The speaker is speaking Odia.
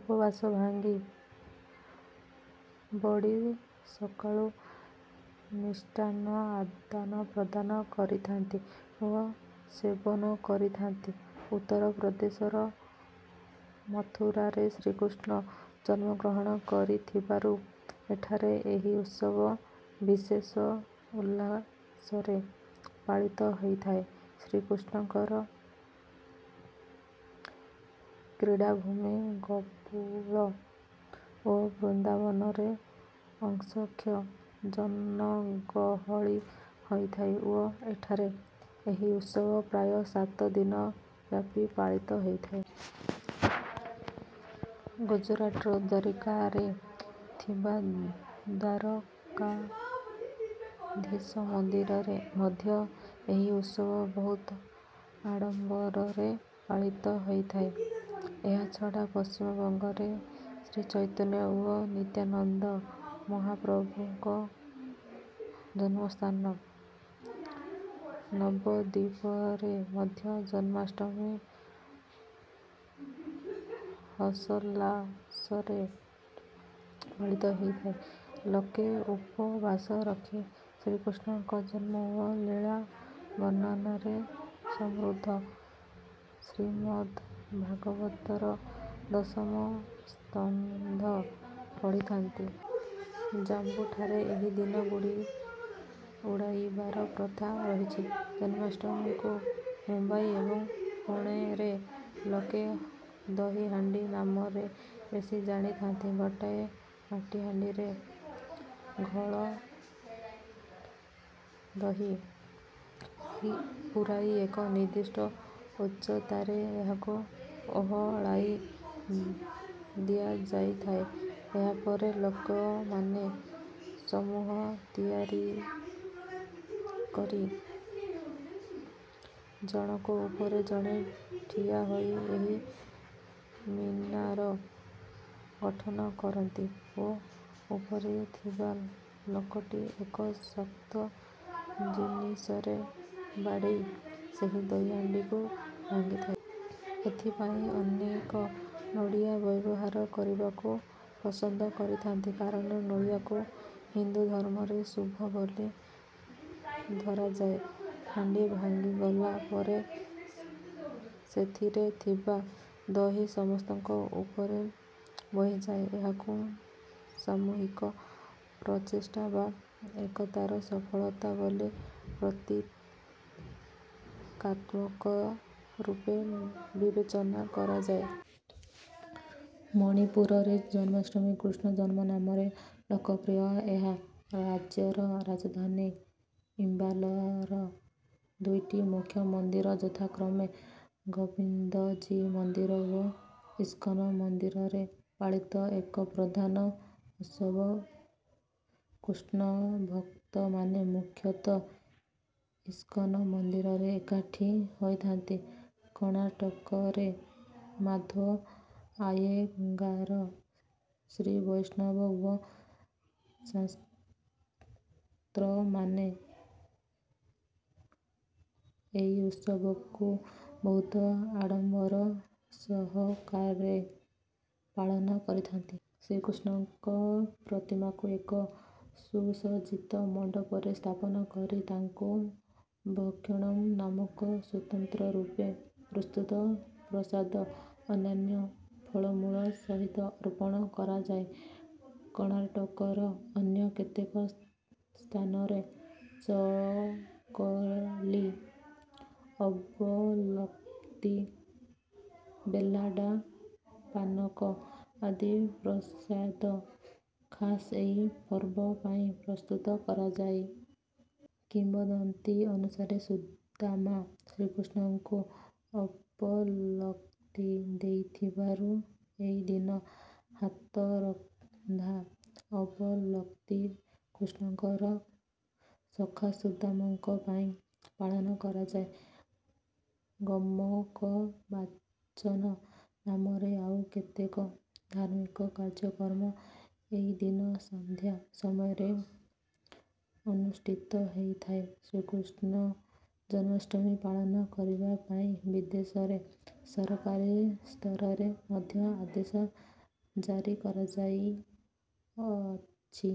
ଉପବାସ ଭାଙ୍ଗି ବଡ଼ି ସକାଳୁ ମିଷ୍ଟାନ୍ନ ଆଦାନପ୍ରଦାନ କରିଥାନ୍ତି ଓ ସେବନ କରିଥାନ୍ତି। ଉତ୍ତର ପ୍ରଦେଶର ମଥୁରାରେ ଶ୍ରୀକୃଷ୍ଣ ଜନ୍ମଗ୍ରହଣ କରିଥିବାରୁ ଏଠାରେ ଏହି ଉତ୍ସବ ବିଶେଷ ଉଲ୍ଲାସରେ ପାଳିତ ହୋଇଥାଏ। ଶ୍ରୀକୃଷ୍ଣଙ୍କର କ୍ରୀଡ଼ାଭୂମି ଗୋକୁଳ ଓ ବୃନ୍ଦାବନରେ ଅସଂଖ୍ୟ ଜନଗହଳି ହୋଇଥାଏ ଓ ଏଠାରେ ଏହି ଉତ୍ସବ ପ୍ରାୟ ସାତ ଦିନ ବ୍ୟାପି ପାଳିତ ହୋଇଥାଏ। ଗୁଜରାଟର ଦ୍ୱାରିକାରେ ଥିବା ଦ୍ୱାରକାଧୀଶ ମନ୍ଦିରରେ ମଧ୍ୟ ଏହି ଉତ୍ସବ ବହୁତ ଆଡ଼ମ୍ବରରେ ପାଳିତ ହୋଇଥାଏ। ଏହାଛଡ଼ା ପଶ୍ଚିମବଙ୍ଗରେ ଶ୍ରୀଚୈତନ୍ୟ ଓ ନିତ୍ୟାନନ୍ଦ ମହାପ୍ରଭୁଙ୍କ ଜନ୍ମସ୍ଥାନ ନବଦ୍ୱୀପରେ ମଧ୍ୟ ଜନ୍ମାଷ୍ଟମୀ ହର୍ଷୋଲ୍ଲାସରେ ପାଳିତ ହୋଇଥାଏ। ଲୋକେ ଉପବାସ ରଖି ଶ୍ରୀକୃଷ୍ଣଙ୍କ ଜନ୍ମ ଓ ଲୀଳା ବର୍ଣ୍ଣନାରେ ସମୃଦ୍ଧ ଶ୍ରୀମଦ୍‌ଭାଗବତର ଦଶମ ସ୍କନ୍ଧ ପଢ଼ିଥାନ୍ତି। ଜାମ୍ମୁଠାରେ ଏହିଦିନ ଗୁଡ଼ି ଉଡ଼ାଇବାର ପ୍ରଥା ରହିଛି। ଜନ୍ମାଷ୍ଟମୀକୁ ମୁମ୍ବାଇ ଏବଂ ପୁଣେରେ ଲୋକେ 'ଦହି ହାଣ୍ଡି' ନାମରେ ବେଶି ଜାଣିଥାନ୍ତି। ଗୋଟାଏ ମାଟିହାଣ୍ଡିରେ ଘୋଳଦହି ପୂରାଇ ଏକ ନିର୍ଦ୍ଦିଷ୍ଟ ଉଚ୍ଚତାରେ ଏହାକୁ ଓହଳାଇ ଦିଆଯାଇଥାଏ। ଏହାପରେ ଲୋକମାନେ ସମୂହ ତିଆରି କରି ଜଣକ ଉପରେ ଜଣେ ଠିଆହୋଇ ଏହି ମିନାର ଗଠନ କରନ୍ତି ଓ ଉପରେ ଥିବା ଲୋକଟି ଏକ ଶକ୍ତ ଜିନିଷରେ ବାଡ଼େଇ ସେହି ଦହି ହାଣ୍ଡିକୁ ଭାଙ୍ଗିଥାଏ। ଏଥିପାଇଁ ଅନେକ ନଡ଼ିଆ ବ୍ୟବହାର କରିବାକୁ ପସନ୍ଦ କରିଥାନ୍ତି, କାରଣ ନଡ଼ିଆକୁ ହିନ୍ଦୁ ଧର୍ମରେ ଶୁଭ ବୋଲି ଧରାଯାଏ। ହାଣ୍ଡି ଭାଙ୍ଗିଗଲା ପରେ ସେଥିରେ ଥିବା ଦହି ସମସ୍ତଙ୍କ ଉପରେ ବହିଯାଏ। ଏହାକୁ ସାମୂହିକ ପ୍ରଚେଷ୍ଟା ବା ଏକତାର ସଫଳତା ବୋଲି ପ୍ରତୀକାତ୍ମକ ରୂପେ ବିବେଚନା କରାଯାଏ। ମଣିପୁରରେ ଜନ୍ମାଷ୍ଟମୀ 'କୃଷ୍ଣଜନ୍ମ' ନାମରେ ଲୋକପ୍ରିୟ। ଏହା ରାଜ୍ୟର ରାଜଧାନୀ ଇମ୍ବାଲର ଦୁଇଟି ମୁଖ୍ୟ ମନ୍ଦିର ଯଥାକ୍ରମେ ଗୋବିନ୍ଦଜୀ ମନ୍ଦିର ଓ ଇସ୍କନ ମନ୍ଦିରରେ ପାଳିତ ଏକ ପ୍ରଧାନ ଉତ୍ସବ। କୃଷ୍ଣଭକ୍ତମାନେ ମୁଖ୍ୟତଃ ଇସ୍କନ ମନ୍ଦିରରେ ଏକାଠି ହୋଇଥାନ୍ତି। କଣାଟକରେ ମାଧ୍ୱ, ଆୟେଙ୍ଗାର, ଶ୍ରୀବୈଷ୍ଣବ ଓ ସ୍ମାର୍ତ୍ତମାନେ ଏଇ ଉତ୍ସବକୁ ବହୁତ ଆଡ଼ମ୍ବର ସହକାରେ ପାଳନ କରିଥାନ୍ତି। ଶ୍ରୀକୃଷ୍ଣଙ୍କ ପ୍ରତିମାକୁ ଏକ ସୁସଜ୍ଜିତ ମଣ୍ଡପରେ ସ୍ଥାପନା କରି ତାଙ୍କୁ 'ଭକ୍ଷଣମ୍' ନାମକ ସ୍ୱତନ୍ତ୍ର ରୂପେ ପ୍ରସ୍ତୁତ ପ୍ରସାଦ ଅନ୍ୟାନ୍ୟ ଫଳମୂଳ ସହିତ ଅର୍ପଣ କରାଯାଏ। କର୍ଣ୍ଣାଟକର ଅନ୍ୟ କେତେକ ସ୍ଥାନରେ ଚକଲି, ଅବଲକ୍କି, ବେଲ୍ଲାଡା ପାନକ ଆଦି ପ୍ରସାଦ ଖାସ୍ ଏଇ ପର୍ବ ପାଇଁ ପ୍ରସ୍ତୁତ କରାଯାଏ। କିମ୍ବଦନ୍ତୀ ଅନୁସାରେ ସୁଦାମା ଶ୍ରୀକୃଷ୍ଣଙ୍କୁ ଅବଲକ୍କି ଦେଇଥିବାରୁ ଏଇଦିନ ହାତରନ୍ଧା ଅବଲକ୍କି କୃଷ୍ଣଙ୍କର ସଖା ସୁଦାମାଙ୍କ ପାଇଁ ପାଳନ କରାଯାଏ। ଗମକ ବାଚନ ନାମରେ ଆଉ କେତେକ ଧାର୍ମିକ କାର୍ଯ୍ୟକ୍ରମ ଏଇଦିନ ସନ୍ଧ୍ୟା ସମୟରେ ଅନୁଷ୍ଠିତ ହୋଇଥାଏ। କୃଷ୍ଣଜନ୍ମାଷ୍ଟମୀ ପାଳନ କରିବା ପାଇଁ ବିଦେଶରେ ସରକାରୀ ସ୍ତରରେ ମଧ୍ୟ ଆଦେଶ ଜାରି କରାଯାଇଅଛି।